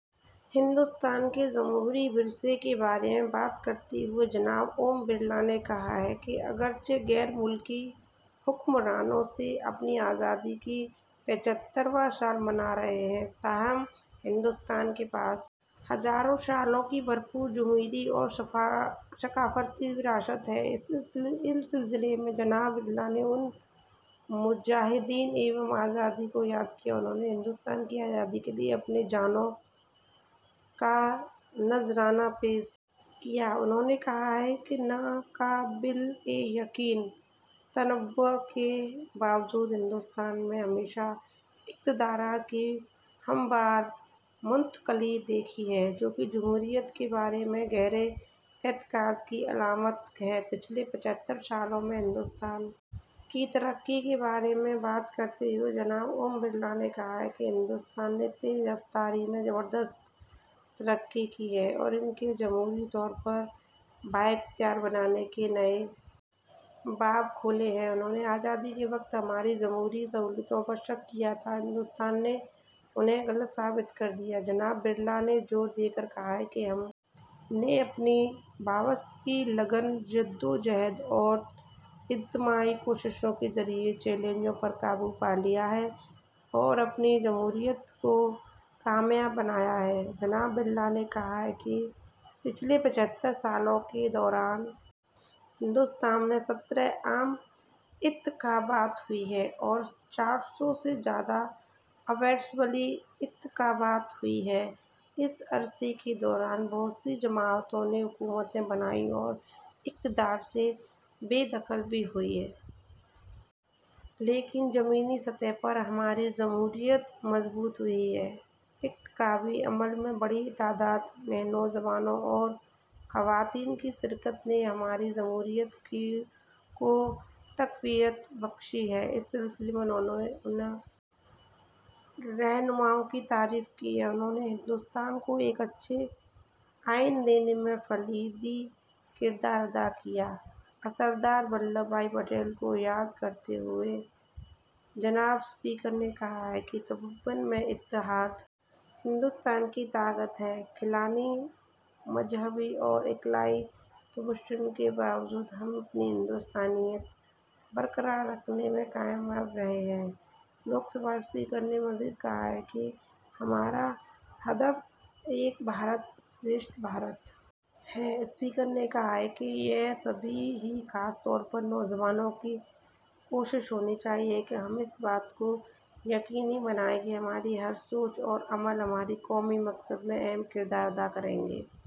ہندوستان کے جمہوری ورثے کے بارے میں بات کرتے ہوئے جناب اوم برلا نے کہا کہ اگرچہ غیر ملکی حکمرانوں سے اپنی آزادی کا پچھترواں سال منا رہے ہیں تاہم ہندوستان کے پاس ہزاروں سالوں کی بھرپور جمہوری اور ثقافتی وراثت ہے اس سلسلے میں جناب برلا نے ان مجاہدین آزادی کو یاد کیا جنہوں نے ہندوستان کی آزادی کے لیے اپنی جانوں کا نذرانہ پیش کیا انہوں نے کہا کہ ناقابل یقین تنوع کے باوجود ہندوستان نے ہمیشہ اقتدار کی ہموار منتقلی دیکھی ہے جو جمہوریت میں ہمارے گہرے اعتقاد کی علامت ہے پچھلے پچھتر سالوں میں ہندوستان کی ترقی کے بارے میں بات کرتے ہوئے جناب اوم برلا نے کہا کہ ہندوستان نے تیز رفتاری سے زبردست ترقی کی ہے اور اس نے جمہوری طور پر بااختیار بنانے کے نئے باب کھولے ہیں جنہوں نے آزادی کے وقت ہمارے جمہوری اصولوں پر شک کیا تھا ہندوستان نے ان کو غلط ثابت کر دیا ہے جناب برلا نے زور دے کر کہا کہ ہم نے اپنی وابستگی لگن جدوجہد اور اجتماعی کوششوں کے ذریعے چیلنجوں پر قابو پا لیا ہے اور اپنی جمہوریت کو کامیاب بنایا ہے جناب برلا نے کہا کہ پچھلے پچھتر سالوں کے دوران ہندوستان میں سترہ عام انتخابات ہوئے ہیں اور چار سو سے زیادہ اسمبلی انتخابات ہوئے ہیں اس عرصے کے دوران بہت ساری جماعتوں نے حکومتیں بنائیں اور اقتدار سے بے دخل بھی ہوئیں لیکن زمینی سطح پر ہماری جمہوریت مضبوط ہوئی ہے انتخابی عمل میں بڑی تعداد میں نوجوانوں اور خواتین کی شرکت نے ہماری جمہوریت کو تقویت بخشی ہے اس سلسلے میں انہوں نے ان رہنماؤں کی تعریف کی جنہوں نے ہندوستان کو ایک اچھا آئین دینے میں کلیدی کردار ادا کیا سردار ولبھ بھائی پٹیل کو یاد کرتے ہوئے جناب اسپیکر نے کہا کہ تنوع میں اتحاد ہندوستان کی طاقت ہے لسانی مذہبی اور علاقائی تنوع کے باوجود ہم اپنی ہندوستانیت برقرار رکھنے میں کامیاب رہے ہیں لوک سبھا اسپیکر نے مزید کہا کہ ہمارا ہدف ایک بھارت شریشٹھ بھارت ہے اسپیکر نے کہا کہ یہ سبھی کی خاص طور پر نوجوانوں کی کوشش ہونی چاہیے کہ ہم اس بات کو یقینی بنائیں کہ ہماری ہر سوچ اور عمل ہمارے قومی مقصد میں اہم کردار ادا کرے